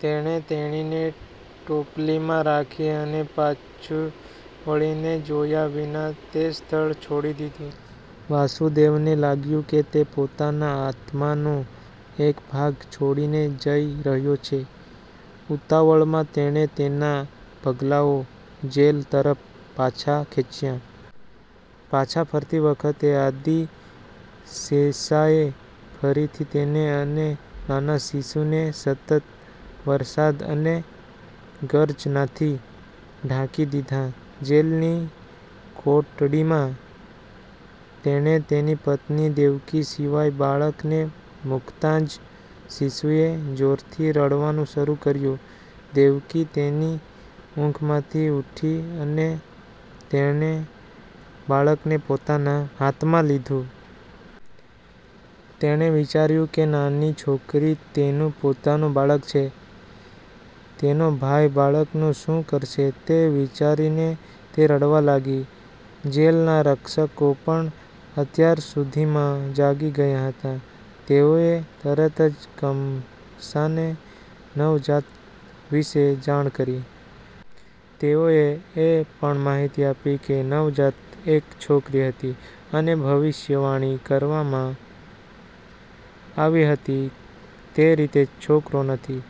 તેણે તેણીને ટોપલીમાં રાખી અને પાછું વળીને જોયા વિના તે સ્થળ છોડી દીધું. વાસુદેવને લાગ્યું કે તે પોતાના આત્માનો એક ભાગ છોડીને જઈ રહ્યો છે. ઉતાવળમાં, તેણે તેના પગલાઓ જેલ તરફ પાછા ખેંચ્યા. પાછા ફરતી વખતે, આદિ-શેષાએ ફરીથી તેને અને નાના શિશુને સતત વરસાદ અને ગર્જનાથી ઢાંકી દીધા. જેલની કોટડીમાં તેણે તેની પત્ની દેવકી સિવાય બાળકને મૂકતાં જ શિશુએ જોરથી રડવાનું શરૂ કર્યું. દેવકી તેની ઊંઘમાંથી ઉઠી અને તેણે બાળકને પોતાના હાથમાં લીધું. તેણે વિચાર્યું કે નાની છોકરી તેનું પોતાનું બાળક છે. તેનો ભાઈ બાળકનું શું કરશે તે વિચારીને તે રડવા લાગી. જેલના રક્ષકો પણ અત્યાર સુધીમાં જાગી ગયા હતા. તેઓએ તરત જ કમસાને નવજાત વિશે જાણ કરી. તેઓએ એ પણ માહિતી આપી કે નવજાત એક છોકરી હતી અને ભવિષ્યવાણી કરવામાં આવી હતી તે રીતે છોકરો નથી.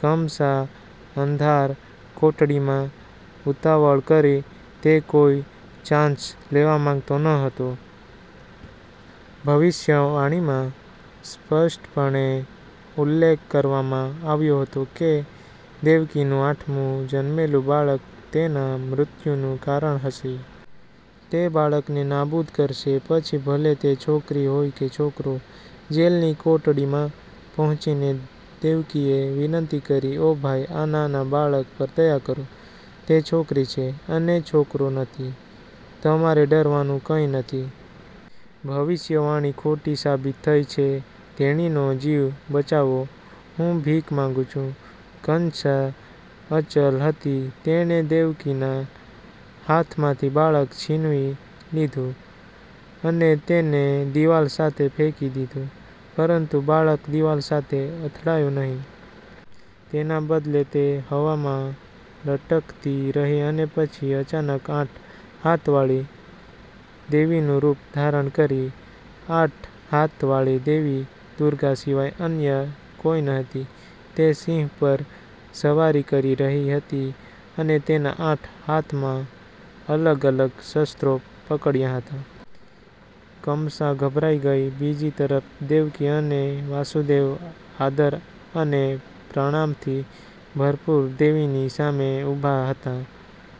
કમસા અંધાર કોટડીમાં ઉતાવળ કરી. તે કોઈ ચાન્સ લેવા માંગતો ન હતો. ભવિષ્યવાણીમાં સ્પષ્ટપણે ઉલ્લેખ કરવામાં આવ્યો હતો કે દેવકીનું આઠમું જન્મેલું બાળક તેના મૃત્યુનું કારણ હશે. તે બાળકને નાબૂદ કરશે, પછી ભલે તે છોકરી હોય કે છોકરો. જેલની કોટડીમાં પહોંચીને દેવકીએ વિનંતી કરી, ઓ ભાઈ! આ નાના બાળક પર દયા કરો. તે છોકરી છે અને છોકરો નથી. તમારે ડરવાનું કંઈ નથી. ભવિષ્યવાણી ખોટી સાબિત થઈ છે. તેણીનો જીવ બચાવો. હું ભીખ માંગું છુ. કંસા અચલ હતી. તેણે દેવકીના હાથમાંથી બાળક છીનવી લીધું અને તેને દિવાલ સાથે ફેંકી દીધું. પરંતુ બાળક દિવાલ સાથે અથડાયું નહીં. તેના બદલે, તે હવામાં લટકતી રહી અને પછી અચાનક આઠ હાથવાળી દેવીનું રૂપ ધારણ કરી. આઠ હાથવાળી દેવી દુર્ગા સિવાય અન્ય કોઈ ન હતી. તે સિંહ પર સવારી કરી રહી હતી અને તેના આઠ હાથમાં અલગ-અલગ શસ્ત્રો પકડ્યા હતા. કમસા ગભરાઈ ગઈ. બીજી તરફ, દેવકી અને વાસુદેવ આદર અને પ્રણામથી ભરપૂર, દેવીની સામે ઉભા હતા.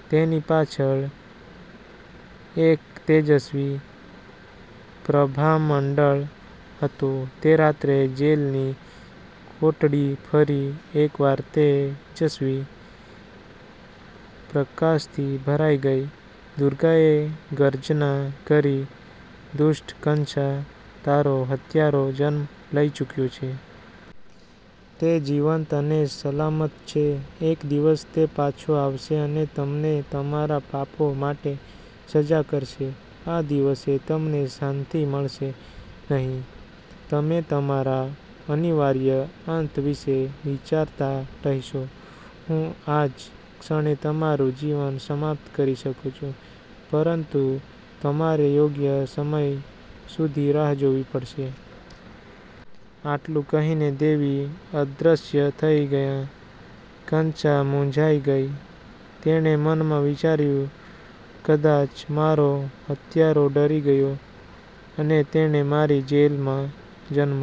તેની પાછળ એક તેજસ્વી પ્રભામંડળ હતો. તે રાત્રે, જેલની કોટડી ફરી એકવાર તેજસ્વી પ્રકાશથી ભરાઈ ગઈ. દુર્ગાએ ગર્જના કરી, દુષ્ટ કંસા, તારો હત્યારો જન્મ લઈ ચૂક્યો છે. તે જીવંત અને સલામત છે. એક દિવસ, તે પાછો આવશે અને તમને તમારા પાપો માટે સજા કરશે. આ દિવસે, તમને શાંતિ મળશે નહીં. તમે તમારા અનિવાર્ય અંત વિશે વિચારતા રહેશો. હું આ જ ક્ષણે તમારું જીવન સમાપ્ત કરી શકું છું પરંતુ તમારે યોગ્ય સમય સુધી રાહ જોવી પડશે. આટલું કહીને દેવી અદૃશ્ય થઈ ગયા. કંસા મૂંઝાઈ ગઈ. તેણે મનમાં વિચાર્યું, કદાચ મારો હત્યારો ડરી ગયો અને તેણે મારી જેલમાં જન્મ